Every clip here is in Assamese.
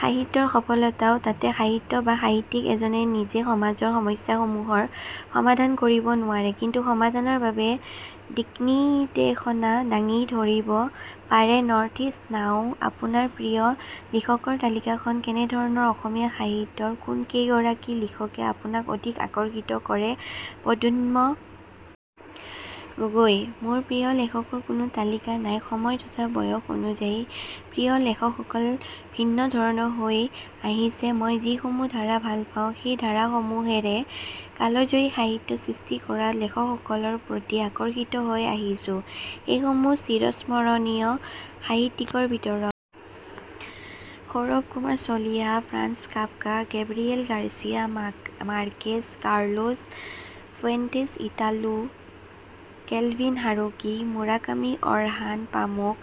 সাহিত্যৰ সফলতাও তাতেসাহিত্য বা সাহিত্যিক এজনে নিজে সমাজৰ সমস্যাসমূহৰ সমাধান কৰিব নোৱাৰে কিন্তু সমাধানৰ বাবে দিক্নিৰ্দেশনা দাঙি ধৰিব পাৰেনৰ্থইষ্ট নাওআপোনাৰ প্ৰিয় লিখকৰ তালিকাখন কেনেধৰণৰ অসমীয়া সাহিত্যৰ কোনকেইগৰাকী লিখকে আপোনাক অধিক আকৰ্ষিত কৰে প্ৰদ্যুন্ম গগৈ:মোৰ প্ৰিয় লেখকৰ কোনো তালিকা নাইসময় তথা বয়স অনুযায়ী প্ৰিয় লেখকসকল ভিন্ন ধৰণৰ হৈ আহিছেমই যিসমূহ ধাৰা ভাল পাওঁ সেই ধাৰাসমূহেৰে কালজয়ী সাহিত্য সৃষ্টি কৰা লেখকসকলৰ প্ৰতি আকৰ্ষিত হৈ আহিছোএইসমূহ চিৰঃস্মৰণীয় সাহিত্যিকৰ ভিতৰত Saurabh Kumar Chaliha Franz Kafka Gabriel Garcia Marquez Carlos Fuentes Italo Calvino Haruki Murakami Orhan Pamuk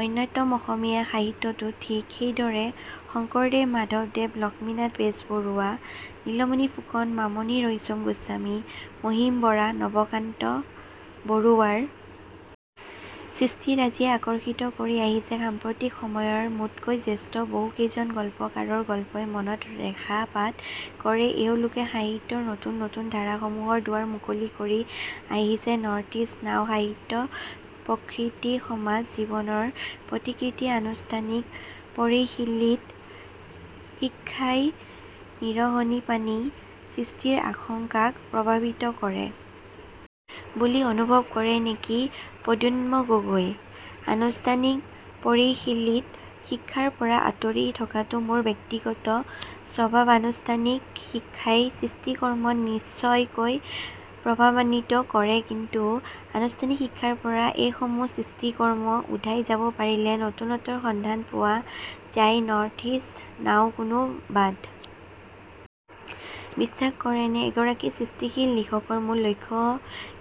অন্যতমঅসমীয়া সাহিত্যতো ঠিক সেইদৰে শংকৰদেৱ মাধৱদেৱ লক্ষ্মীনাথ বেজবৰুৱা নীলমণি ফুকন মামণি ৰয়ছম গোস্বামী মহিম বৰা নৱকান্ত বৰুৱাৰ সৃষ্টিৰাজীয়ে আকৰ্ষিত কৰি আহিছেসাম্প্ৰতিক সময়ৰ মোতকৈ জ্যেষ্ঠ বহুকেইজন গল্পকাৰৰ গল্পই মনত ৰেখাপাত কৰেএওঁলোকে সাহিত্যৰ নতুন নতুন ধাৰাসমূহৰ দুৱাৰ মুকলি কৰি আহিছেনৰ্থইষ্ট নাওসাহিত্য প্ৰকৃতি সমাজ জীৱনৰ প্ৰতিকৃতিআনুষ্ঠানিক পৰিশীলিত শিক্ষাই নিৰহনিপানী সৃষ্টিৰ আকাংক্ষাক প্ৰভাৱিত কৰে বুলি অনুভৱ কৰে নেকি প্ৰদ্যুন্ম গগৈ:আনুষ্ঠানিক পৰিশীলিত শিক্ষাৰ পৰা আঁতৰি থকাটো মোৰ ব্যক্তিগত স্বভাৱআনুষ্ঠানিক শিক্ষাই সৃষ্টিকৰ্মত নিশ্চয়কৈ প্ৰভাৱান্বিত কৰেকিন্তু আনুষ্ঠানিক শিক্ষাৰ পৰা এইসমূহ সৃষ্টিকৰ্ম উধাই যাব পাৰিলে নতুনত্বৰ সন্ধান পোৱা যায়নৰ্থইষ্ট নাওকোনো বাদ বিশ্বাস কৰেনে এগৰাকী সৃষ্টিশীল লিখকৰ মূল লক্ষ্য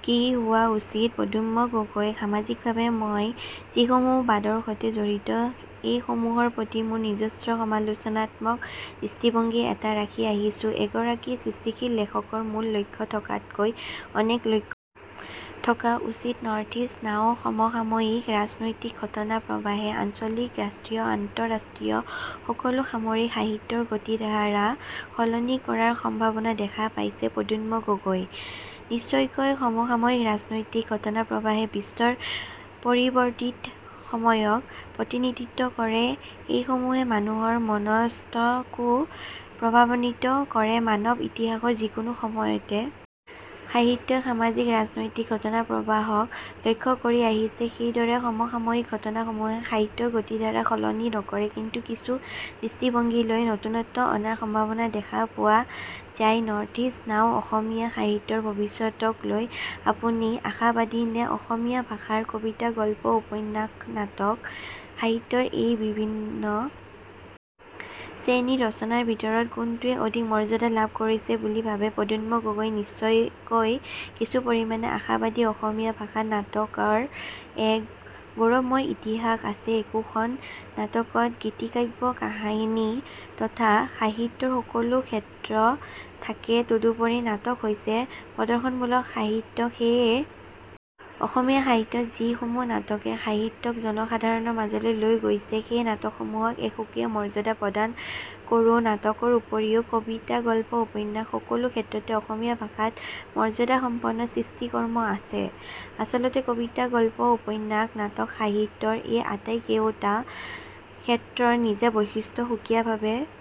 কি হোৱা উচিত প্ৰদ্যুন্ম গগৈ:সামাজিকভাৱে মই যিসমূহ বাদৰ সতে জড়িত এইসমূহৰ প্ৰতি মোৰ নিজস্ব সমালোচনাত্মক দৃষ্টিভংগী এটা ৰাখি আহিছোএগৰাকী সৃষ্টিশীল লেখকৰ মূল লক্ষ্য থকাতকৈ অনেক লক্ষ্য থকা উচিতনৰ্থইষ্ট নাওসমসাময়িক ৰাজনৈতিক ঘটনা প্ৰবাহে আঞ্চলিকৰাষ্ট্ৰীয়আন্ত:ৰাষ্ট্ৰীয় সকলো সামৰি সাহিত্যৰ গতিধাৰা সলনি কৰাৰ সম্ভাৱনা দেখা পাইছে প্ৰদ্যুন্ম গগৈ:নিশ্চয়কৈ সমসাময়িক ৰাজনৈতিক ঘটনাপ্ৰৱাহে বিশ্বৰ পৰিৱৰ্তিত সময়ক প্ৰতিনিধিত্ব কৰেএইসমূহে মানুহৰ মনঃস্তকো প্ৰভাৱান্বিত কৰেমানৱ ইতিহাসৰ যিকোনো সময়তে সাহিত্যই সামাজিক ৰাজনৈতিক ঘটনাপ্ৰৱাহক লক্ষ্য কৰি আহিছেসেইদৰে সমসাময়িক ঘটনাসমূহে সাহিত্যৰ গতিধাৰা সলনি নকৰে কিন্তু কিছু দৃষ্টিভংগীলৈ নতুনত্ব অনাৰ সম্ভাৱনা দেখা পোৱা যায়নৰ্থইষ্ট নাওঅসমীয়া সাহিত্যৰ ভৱিষ্যতকলৈ আপুনি আশাবাদীনে অসমীয়া ভাষাৰ কবিতাগল্পউপন্যাসনাটক সাহিত্যৰ এই বিভিন্ন শ্ৰেণীৰ ৰচনাৰ ভিতৰত কোনটোৱে অধিক মৰ্যাদা লাভ কৰিছে বুলি ভাৱে প্ৰদ্যুন্ম গগৈ:নিশ্চয়কৈ কিছু পৰিমাণে আশাবাদীঅসমীয়া ভাষাত নাটকৰ এক গৌৰৱময় ইতিহাস আছেএকোখন নাটকত গীতিকাব্য কাহিনী তথা সাহিত্যৰ সকলো ক্ষেত্ৰ থাকেতদুপৰি নাটক হৈছে প্ৰদৰ্শনমূলক সাহিত্যসেয়ে অসমীয়া সাহিত্যত যিসমূহ নাটকে সাহিত্যক জনসাধাৰণৰ মাজলৈ লৈ গৈছে সেই নাটকসমূহক এক সুকীয়া মৰ্যাদা প্ৰদান কৰোনাটকৰ উপৰিও কবিতাগল্পউপন্যাস সকলো ক্ষেত্ৰতে অসমীয়া ভাষাত মৰ্যাদাসম্পন্ন সৃষ্টিকৰ্ম আছেআচলতে কবিতা গল্প উপন্যাস নাটক সাহিত্যৰ এই আটাইকেওটা ক্ষেত্ৰৰ নিজা বৈশিষ্ট্য সুকীয়াভাৱে